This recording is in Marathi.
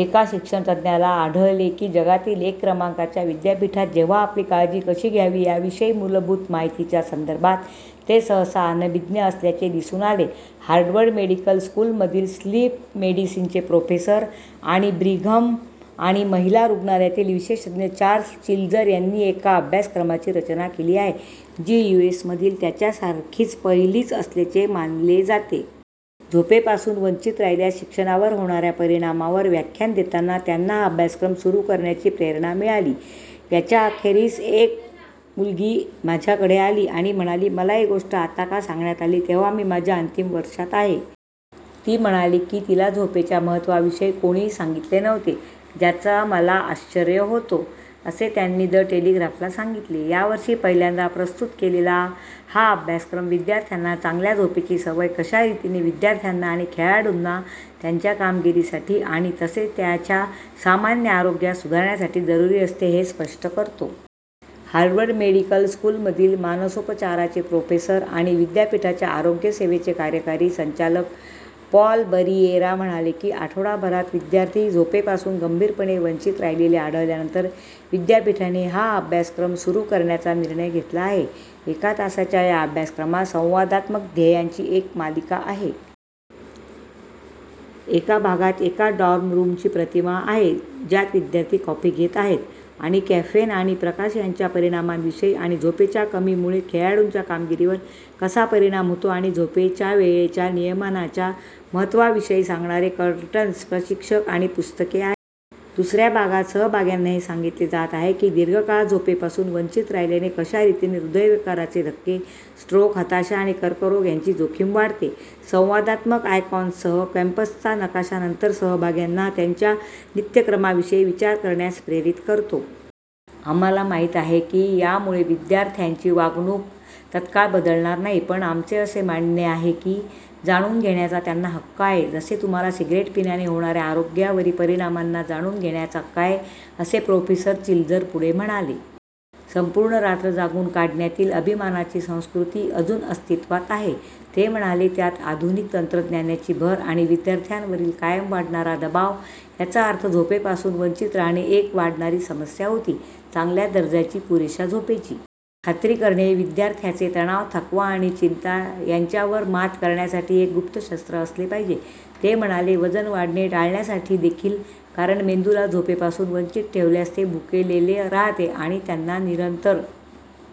एका शिक्षणतज्ज्ञाला आढळले की जगातील एक क्रमांकाच्या विद्यापीठात जेव्हा आपली काळजी कशी घ्यावी याविषयी मुलभूत माहितीच्या संदर्भात ते सहसा अनभिज्ञ असल्याचे दिसून आले. हार्वर्ड मेडिकल स्कूलमधील स्लीप मेडिसिनचे प्रोफेसर आणि ब्रिघम आणि महिला रुग्णालयातील विशेषज्ञ चार्ल्स चिज्लर यांनी एका अभ्यासक्रमाची रचना केली आहे, जी यूएसमधील त्याच्यासारखी पहिलीच असल्याचे मानले जाते. झोपेपासून वंचित राहिल्यास शिक्षणावर होणाऱ्या परिणामावर व्याख्यान देताना त्यांना हा अभ्यासक्रम सुरु करण्याची प्रेरणा मिळाली. 'याच्या अखेरीस एक मुलगी माझ्याकडे आली आणि म्हणाली: 'मला ही गोष्ट आत्ता का सांगण्यात आली, जेव्हा मी माझ्या अंतिम वर्षात आहे? ती म्हणाली की तिला झोपेच्या महत्त्वाविषयी कोणीही सांगितले नव्हते – ज्याचा मला आश्चर्य होतो,' असे त्यांनी द टेलिग्राफला सांगितले. या वर्षी पहिल्यांदा प्रस्तुत केलेला हा अभ्यासक्रम, विद्यार्थ्यांना चांगल्या झोपेची सवय कशा रीतीने विद्यार्थ्यांना आणि खेळाडूंना त्यांच्या कामगिरीसाठी आणि तसेच त्याच्या सामान्य आरोग्यास सुधारण्यासाठी जरुरी असते, हे स्पष्ट करतो. हार्वर्ड मेडिकल स्कूलमधील मानसोपचाराचे प्रोफेसर आणि विद्यापीठाच्या आरोग्य सेवेचे कार्यकारी संचालक पॉल बरिएरा म्हणाले की आठवडाभरात विद्यार्थी झोपेपासून गंभीरपणे वंचित राहिलेले आढळल्यानंतर विद्यापीठाने हा अभ्यासक्रम सुरु करण्याचा निर्णय घेतला आहे. एका तासाच्या या अभ्यासक्रमात संवादात्मक ध्येयांची एक मालिका आहे. एका भागात एका डॉर्म रूमची प्रतिमा आहे, ज्यात विद्यार्थी कॉफी घेत आहेत, आणि कॅफेन आणि प्रकाश यांच्या परिणामांविषयी आणि झोपेच्या कमीमुळे खेळाडूंच्या कामगिरीवर कसा परिणाम होती आणि झोपेच्या वेळेच्या नियमनाच्या महत्त्वाविषयी सांगणारे कर्टन्स, प्रशिक्षक आणि पुस्तके आहेत. दुसऱ्या भागात सहभाग्यांना हे सांगितले जात आहे की दीर्घकाळ झोपेपासून वंचित राहिल्याने कशा रीतीने हृदयविकाराचे धक्के, स्ट्रोक, हताशा आणि कर्करोग यांची जोखीम वाढते. संवादात्मक आयकॉन्ससह कॅम्पसचा नकाशा नंतर सहभाग्यांना त्यांच्या नित्यक्रमाविषयी विचार करण्यास प्रेरित करतो. "आम्हाला माहित आहे की यामुळे विद्यार्थ्यांची वागणूक तत्काळ बदलणार नाही. पण आमचे असे मानणे आहे की जाणून घेण्याचा त्यांना हक्क आहे – जसे तुम्हाला सिगारेट पिण्याने होणाऱ्या आरोग्यावरी परिणामांना जाणून घेण्याचा हक्क आहे,' असे प्रोफेसर चिज्लर पुढे म्हणाले. 'संपूर्ण रात्र जागून काढण्यातील' अभिमानाची संस्कृती अजून अस्तित्वात आहे, ते म्हणाले, त्यात आधुनिक तंत्रज्ञानाची भर आणि विद्यार्थ्यांवरील कायम वाढणारा दबाव, याचा अर्थ झोपेपासून वंचित राहणे एक वाढणारी समस्या होती. चांगल्या दर्जाची, पुरेशा झोपेची खात्री करणे हे विद्यार्थ्याचे तणाव, थकवा आणि चिंता यांच्यावर मात करण्यासाठी एक गुप्त शस्त्र असले पाहिजे, ते म्हणाले – वजन वाढणे टाळण्यासाठी देखील, कारण मेंदूला झोपेपासून वंचित ठेवल्यास ते भुकेलेले राहते आणि त्यांना निरंतर